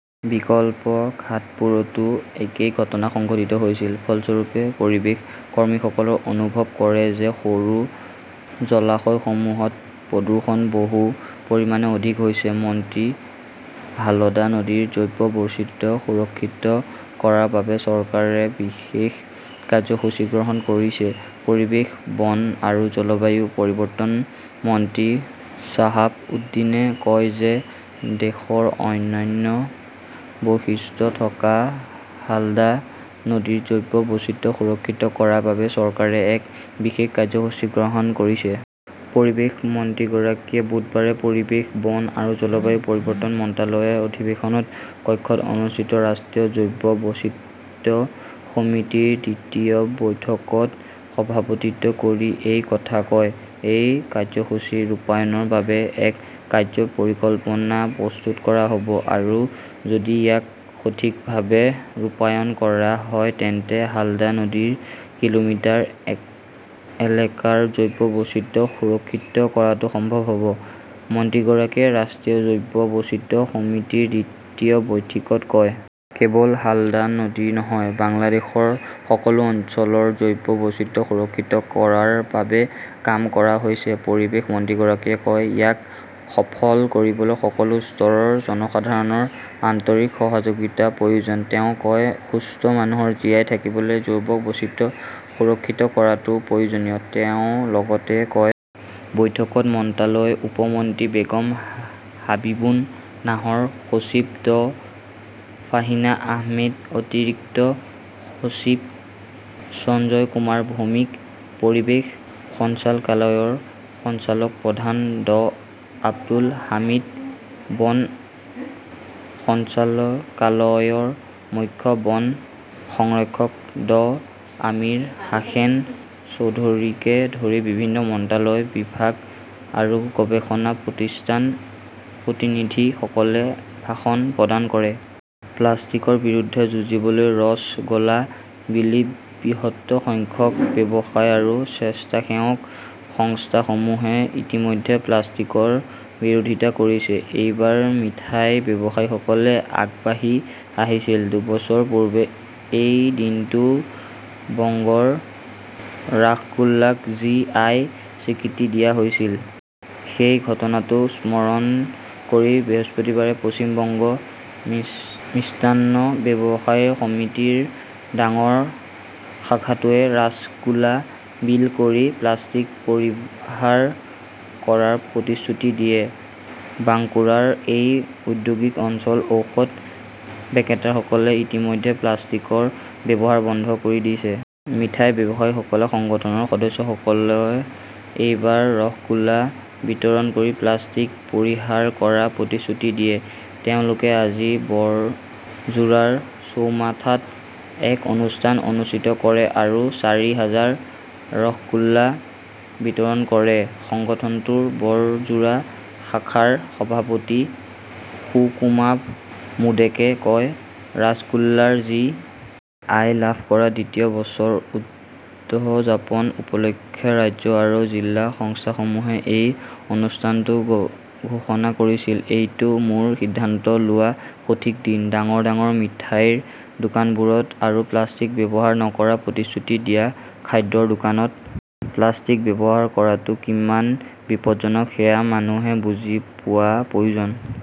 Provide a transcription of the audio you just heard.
বিকল্প ঘাটবোৰতো একেই ঘটনা সংঘটিত হৈছিল। ফলস্বৰূপে, পৰিৱেশ কৰ্মীসকলে অনুভৱ কৰে যে সৰু জলাশয়সমূহত প্ৰদূষণ বহু পৰিমাণে অধিক হৈছে। মন্ত্ৰীঃ হালদা নদীৰ জৈৱ বৈচিত্ৰ্য সুৰক্ষিত কৰাৰ বাবে চৰকাৰে বিশেষ কাৰ্যসূচী গ্ৰহণ কৰিছে পৰিৱেশ, বন আৰু জলবায়ু পৰিৱৰ্তন মন্ত্ৰী শ্বাহাব উদ্দিনে কয় যে দেশৰ অনন্য বৈশিষ্ট্য থকা হালদা নদীৰ জৈৱ বৈচিত্ৰ্য সুৰক্ষিত কৰাৰ বাবে চৰকাৰে এক বিশেষ কাৰ্যসূচী গ্ৰহণ কৰিছে। পৰিৱেশ মন্ত্ৰীগৰাকীয়ে বুধবাৰে পৰিৱেশ, বন আৰু জলবায়ু পৰিৱৰ্তন মন্ত্ৰালয়ৰ অধিৱেশন কক্ষত অনুষ্ঠিত ৰাষ্ট্ৰীয় জৈৱ বৈচিত্ৰ্য সমিতিৰ দ্বিতীয় বৈঠকত সভাপতিত্ব কৰি এই কথা কয়। "এই কাৰ্যসূচী ৰূপায়ণৰ বাবে এক কাৰ্য্য পৰিকল্পনা প্ৰস্তুত কৰা হ" ব আৰু যদি ইয়াক সঠিকভাৱে ৰূপায়ণ কৰা হয় তেন্তে হালদা নদীৰ কিলোমিটাৰ এলেকাৰ জৈৱ বৈচিত্ৰ্য সুৰক্ষিত কৰাটো সম্ভৱ হ "ব", মন্ত্ৰীগৰাকীয়ে ৰাষ্ট্ৰীয় জৈৱ বৈচিত্ৰ্য সমিতিৰ দ্বিতীয় বৈঠকত কয়। "কেৱল হালদা নদী নহয়, বাংলাদেশৰ সকলো অঞ্চলৰ জৈৱ বৈচিত্ৰ্য সুৰক্ষিত কৰাৰ বাবে কাম কৰা হৈছে", পৰিৱেশ মন্ত্ৰীগৰাকীয়ে কয়। "ইয়াক সফল কৰিবলৈ সকলো স্তৰৰ জনসাধাৰণৰ আন্তৰিক সহযোগিতাৰ প্ৰয়োজন", তেওঁ কয়। "সুস্থ মানুহ জীয়াই থাকিবলৈ জৈৱ বৈচিত্ৰ্য সুৰক্ষিত কৰাটো প্ৰয়োজনীয়", তেওঁ লগতে কয়। বৈঠকত মন্ত্ৰালয়ৰ উপ মন্ত্ৰী বেগম হাবিবুন নাহৰ, সচিব ড ফাৰ্হিনা আহমেদ, অতিৰিক্ত সচিব সঞ্জয় কুমাৰ ভৌমিক, পৰিৱেশ সঞ্চালকালয়ৰ সঞ্চালক প্ৰধান ড আব্দুল হামিদ, বন সঞ্চালকালয়ৰ মুখ্য বন সংৰক্ষক ড আমিৰ হোসেন চৌধুৰীকে ধৰি বিভিন্ন মন্ত্ৰালয়, বিভাগ আৰু গৱেষণা প্ৰতিষ্ঠানৰ প্ৰতিনিধিসকলে ভাষণ প্ৰদান কৰে। প্লাষ্টিকৰ বিৰুদ্ধে যুঁজিবলৈ ৰ 'ছ' গ 'লা বিলি বৃহৎ সংখ্যক ব্যৱসায়ী আৰু স্বেচ্ছাসেৱক সংস্থাসমূহে ইতিমধ্যে প্লাষ্টিকৰ বিৰোধিতা কৰিছে। এইবাৰ মিঠাই ব্যৱসায়ীসকলে আগবাঢ়ি আহিছিল। দুবছৰ পূৰ্বে এই দিনটোতে বংগৰ ৰাসগোল্লাক জি. আই. স্বীকৃতি দিয়া হৈছিল। সেই ঘটনাটো স্মৰণ কৰি বৃহস্পতিবাৰে 'পশ্চিম বংগ মিষ্টান্ন ব্যৱসায়ী সমিতি "ৰ ডাঙৰ শাখাটোৱে ৰাছগোলা বিল কৰি প্লাষ্টিক পৰিহাৰ কৰাৰ প্ৰতিশ্ৰুতি দিয়ে। বাংকুৰাৰ এই ঔদ্যোগিক অঞ্চলৰ ঔষধ বিক্ৰেতাসকলে ইতিমধ্যে প্লাষ্টিকৰ ব্যৱহাৰ বন্ধ কৰি দিছে। মিঠাই ব্যৱসায়ীসকলৰ সংগঠনৰ সদস্যসকলে এইবাৰ ৰসগোলা বিতৰণ কৰি প্লাষ্টিক পৰিহাৰ কৰাৰ প্ৰতিশ্ৰুতি দিয়ে। তেওঁলোকে আজি বৰজোৰাৰ চৌমাঠাত এক অনুষ্ঠান অনুষ্ঠিত কৰে আৰু চাৰি হাজাৰ ৰাসগোলা বিতৰণ কৰে। সংগঠনটোৰ বৰজোৰা শাখাৰ সভাপতি সুকুমাৰ মোডেকে কয়, "ৰাজগোল্লাৰ জি. আই. লাভ কৰাৰ দ্বিতীয় বছৰ উদযাপন উপলক্ষে ৰাজ্য আৰু জিলা সংস্থাসমূহে এই অনুষ্ঠানটো ঘোষণা কৰিছিল। এইটো মোৰ সিদ্ধান্ত লোৱাৰ সঠিক দিন, ডাঙৰ ডাঙৰ মিঠাইৰ দোকানবোৰত আৰু প্লাষ্টিক ব্যৱহাৰ নকৰাৰ প্ৰতিশ্ৰুতি দিয়া। "খাদ্যৰ দোকানত প্লাষ্টিক ব্যৱহাৰ কৰাটো কিমান বিপজ্জনক সেয়া মানুহে বুজি পোৱাৰ প্ৰয়োজন